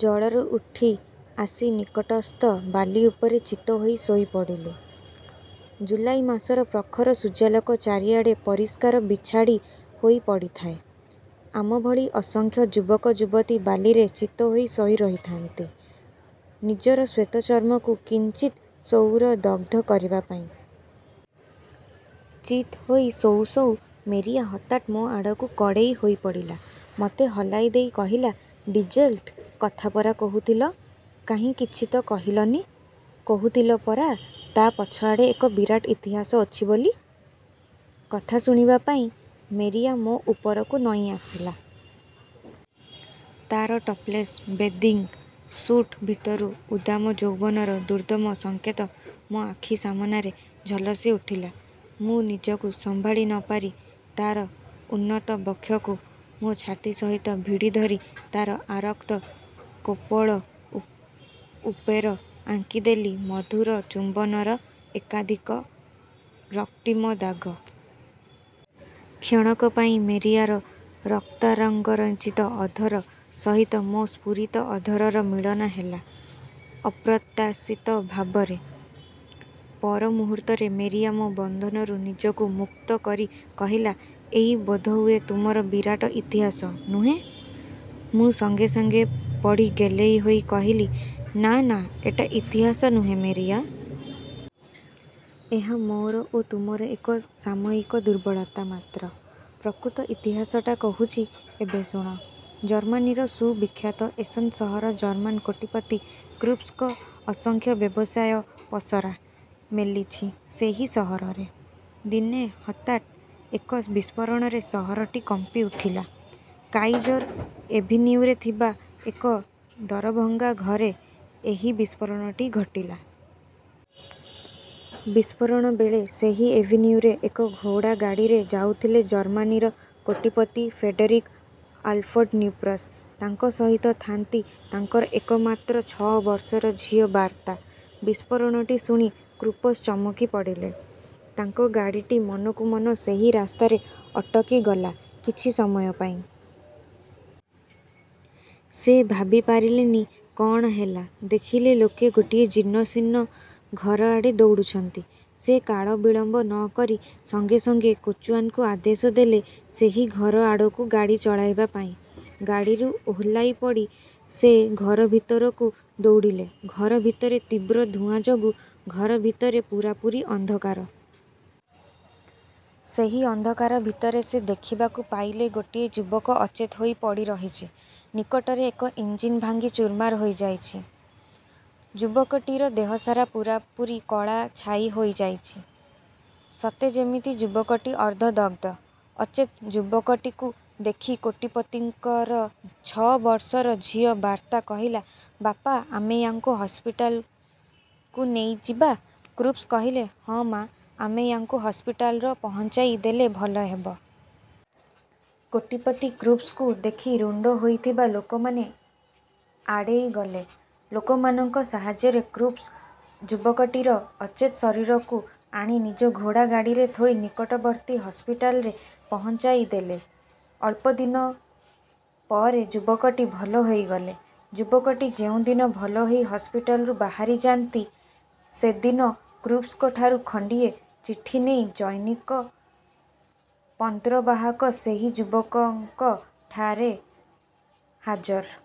ଜଳରୁ ଉଠି ଆସିନିକଟସ୍ଥ ବାଲି ଉପରେ ଚିତହୋଇ ଶୋଇ ପଡ଼ିଲୁ। ଜୁଲାଇ ମାସର ପ୍ରଖର ସୂର୍ଯ୍ୟାଲୋକ ଚାରିଆଡ଼େ ପରିଷ୍କାର ବିଞ୍ଚାଡ଼ି ହୋଇ ପଡ଼ିଥାଏ। ଆମଭଳି ଅସଂଖ୍ୟ ଯୁବକ ଯୁବତୀ ବାଲିରେ ଚିତହୋଇ ଶୋଇ ରହିଥାନ୍ତି, ନିଜର ଶ୍ୱେତ ଚର୍ମକୁ କିଞ୍ଚିତ୍ ସୌର ଦଗ୍ଧ କରିବା ପାଇଁ। ଚିତ୍ ହୋଇ ଶୋଉଁ ଶୋଉଁ ମେରିଆ ହଠାତ୍ ମୋ ଆଡ଼କୁ କଡ଼େଇ ହୋଇପଡ଼ିଲା। ମୋତେ ହଲାଇ ଦେଇ କହିଲା, ଡିଜେଲ୍ଙ୍କ କଥା ପରା କହୁଥିଲ, କାହିଁ କିଛି ତ କହିଲନି? କହୁଥିଲ ପରା ତା ପଛଆଡ଼େ ଏକ ବିରାଟ ଇତିହାସ ଅଛି ବୋଲି? କଥା ଶୁଣିବା ପାଇଁ ମେରିଆ ମୋ ଉପରକୁ ନଇଁ ଆସିଲା। ତା'ର ଟପଲେସ୍ ବେଦିଙ୍ଗ ସୁଟ୍ ଭିତରୁ ଉଦ୍ଦାମ ଯୌବନର ଦୁର୍ଦ୍ଦମ ସଂକେତ ମୋ ଆଖି ସାମନାରେ ଝଲସି ଉଠିଲା। ମୁଁ ନିଜକୁ ସମ୍ଭାଳି ନ ପାରି ତାର ଉନ୍ନତବକ୍ଷକୁ ମୋ ଛାତି ସହିତ ଭିଢ଼ି ଧରି ତାର ଆରକ୍ତ କପୋଳ ଉପେର ଆଙ୍କିଦେଲି ମଧୁର ଚୁମ୍ବନର ଏକାଧିକ ରକ୍ତିମ ଦାଗ। କ୍ଷଣକ ପାଇଁ ମେରିଆର ରକ୍ତରାଗରଞ୍ଜିତ ଅଧର ସହିତ ମୋ ସ୍ଫୁରିତ ଅଧରର ମିଳନ ହେଲା, ଅପ୍ରତ୍ୟାଶିତ ଭାବରେ। ପର ମୁହୂର୍ତ୍ତରେ ମେରିଆ ମୋ ବନ୍ଧନରୁ ନିଜକୁ ମୁକ୍ତ କରି କହିଲା, ଏଇ ବୋଧହୁଏ, ତୁମର ବିରାଟ ଇତିହାସ, ନୁହେଁ''? ମୁଁ ସଙ୍ଗେ ସଙ୍ଗେ ପଡ଼ି ଗେହ୍ଲେଇ ହୋଇ କହିଲି, ନା ନା ଏଟା ଇତିହାସ ନୁହେଁ, ମେରିଆ। ଏହା ମୋର ଓ ତୁମର ଏକ ସାମୟିକ ଦୁର୍ବଳତା ମାତ୍ର। ପ୍ରକୃତ ଇତିହାସଟା କହୁଛି ଏବେ ଶୁଣ। ଜର୍ମ୍ମାନୀର ସୁବିଖ୍ୟାତ ଏସେନ୍ ସହର, ଜର୍ମ୍ମାନ୍ କୋଟିପତି କ୍ରୁପ୍ସଙ୍କ ଅସଂଖ୍ୟ ବ୍ୟବସାୟ ପସରା ମେଲିଛି ସେହି ସହରରେ। ଦିନେ ହଠାତ୍ ଏକ ବିସ୍ଫୋରଣରେ ସହରଟି କମ୍ପିଉଠିଲା। କାଇଜର ଏଭିନିଉରେ ଥିବା ଏକ ଦରଭଙ୍ଗା ଘରେ ଏହି ବିସ୍ଫୋରଣଟି ଘଟିଲା। ବିସ୍ଫୋରଣ ବେଳେ ସେହି ଏଭିନିଉରେ ଏକ ଘୋଡ଼ା ଗାଡ଼ିରେ ଯାଉଥିଲେ ଜର୍ମାନୀର କୋଟିପତି ଫେଡେରିକ ଆଲଫ୍ରେଡ୍ ନୃପସ୍, ତାଙ୍କ ସହିତ ଥାନ୍ତି, ତାଙ୍କର ଏକମାତ୍ର ଛଅ ବର୍ଷର ଝିଅ ବାର୍ଥା। ବିସ୍ଫୋରଣଟି ଶୁଣି କ୍ରୁପସ୍ ଚମକି ପଡ଼ିଲେ। ତାଙ୍କ ଗାଡ଼ିଟି ମନକୁ ମନ ସେହି ରାସ୍ତାରେ ଅଟକି ଗଲା କିଛି ସମୟ ପାଇଁ। ସେ ଭାବି ପାରିଲେନି କ'ଣ ହେଲା। ଦେଖିଲେ ଲୋକେ ଗୋଟିଏ ଜୀର୍ଣ୍ଣଶୀର୍ଣ୍ଣ ଘର ଆଡ଼େ ଦୌଡ଼ୁଛନ୍ତି। ସେ କାଳ ବିଳମ୍ବ ନ କରି ସଙ୍ଗେ ସଙ୍ଗେ କଚୁଆନ୍କୁ ଆଦେଶ ଦେଲେ ସେହି ଘର ଆଡ଼କୁ ଗାଡ଼ି ଚଳାଇବା ପାଇଁ। ଗାଡ଼ିରୁ ଓହ୍ଲାଇପଡ଼ି ସେ ଘର ଭିତରକୁ ଦୌଡ଼ିଲେ ଘର ଭିତରେ ତୀବ୍ର ଧୂଆଁ ଯୋଗୁଁ ଘର ଭିତରେ ପୁରାପୁରୀ ଅନ୍ଧକାର। ସେହି ଅନ୍ଧକାର ଭିତରେ ସେ ଦେଖିବାକୁ। ପାଇଲେ ଗୋଟିଏ ଯୁବକ ଅଚେତ୍ ହୋଇ ପଡ଼ି ରହିଛି। ନିକଟରେ ଏକ ଇଞ୍ଜିନ୍ ଭାଙ୍ଗି ଚୁରମାର ହୋଇଯାଇଛି। ଯୁବକଟିର ଦେହ ସାରା ପୂରାପୂରି କଳାରେ ଛାଇ ହୋଇଯାଇଛି, ସତେ ଯେମିତି ଯୁବକଟି ଅର୍ଦ୍ଧ ଦଗ୍ଧ। ଅଚେତ୍ ଯୁବକଟିକୁ ଦେଖି କୋଟିପତିଙ୍କର ଛଅ ବର୍ଷର ଝିଅ ବାର୍ଥା କହିଲା ବାପା ଆମେ ୟାଙ୍କୁ ହସପିଟାଲ୍କୁ ନେଇଯିବା କ୍ରୁପ୍ସ କହିଲେ, ହଁ ମା, ଆମେ ୟାଙ୍କୁ ହସପିଟାଲର ପହଞ୍ଚାଇ ଦେଲେ ଭଲ ହେବ। କୋଟିପତି କ୍ରୁପ୍ସଙ୍କୁ ଦେଖି ରୁଣ୍ଡ ହୋଇଥିବା ଲୋକମାନେ ଆଡ଼େଇ ଗଲେ। ଲୋକମାନଙ୍କ ସାହାଯ୍ୟରେ କ୍ରୁପ୍ସ ଯୁବକଟିର ଅଚେତ ଶରୀରକୁ ଆଣି ନିଜ ଘୋଡ଼ା ଗାଡ଼ିରେ ଥୋଇ ନିକଟବର୍ତ୍ତୀ ହସପିଟାଲରେ ପହଞ୍ଚାଇ ଦେଲେ। ଅଳ୍ପଦିନ ପରେ ଯୁବକଟି ଭଲ ହୋଇଗଲେ। ଯୁବକଟି ଯେଉଁ ଦିନ ଭଲ ହୋଇ ହସପିଟାଲରୁ ବାହାରି ଯାନ୍ତି, ସେଦିନ କ୍ରୁପ୍ସଙ୍କଠାରୁ ଖଣ୍ଡିଏ ଚିଠି ନେଇ ଜନୈକ ପନ୍ତ୍ରବାହକ ସେହି ଯୁବକଙ୍କ ଠାରେ ହାଜର।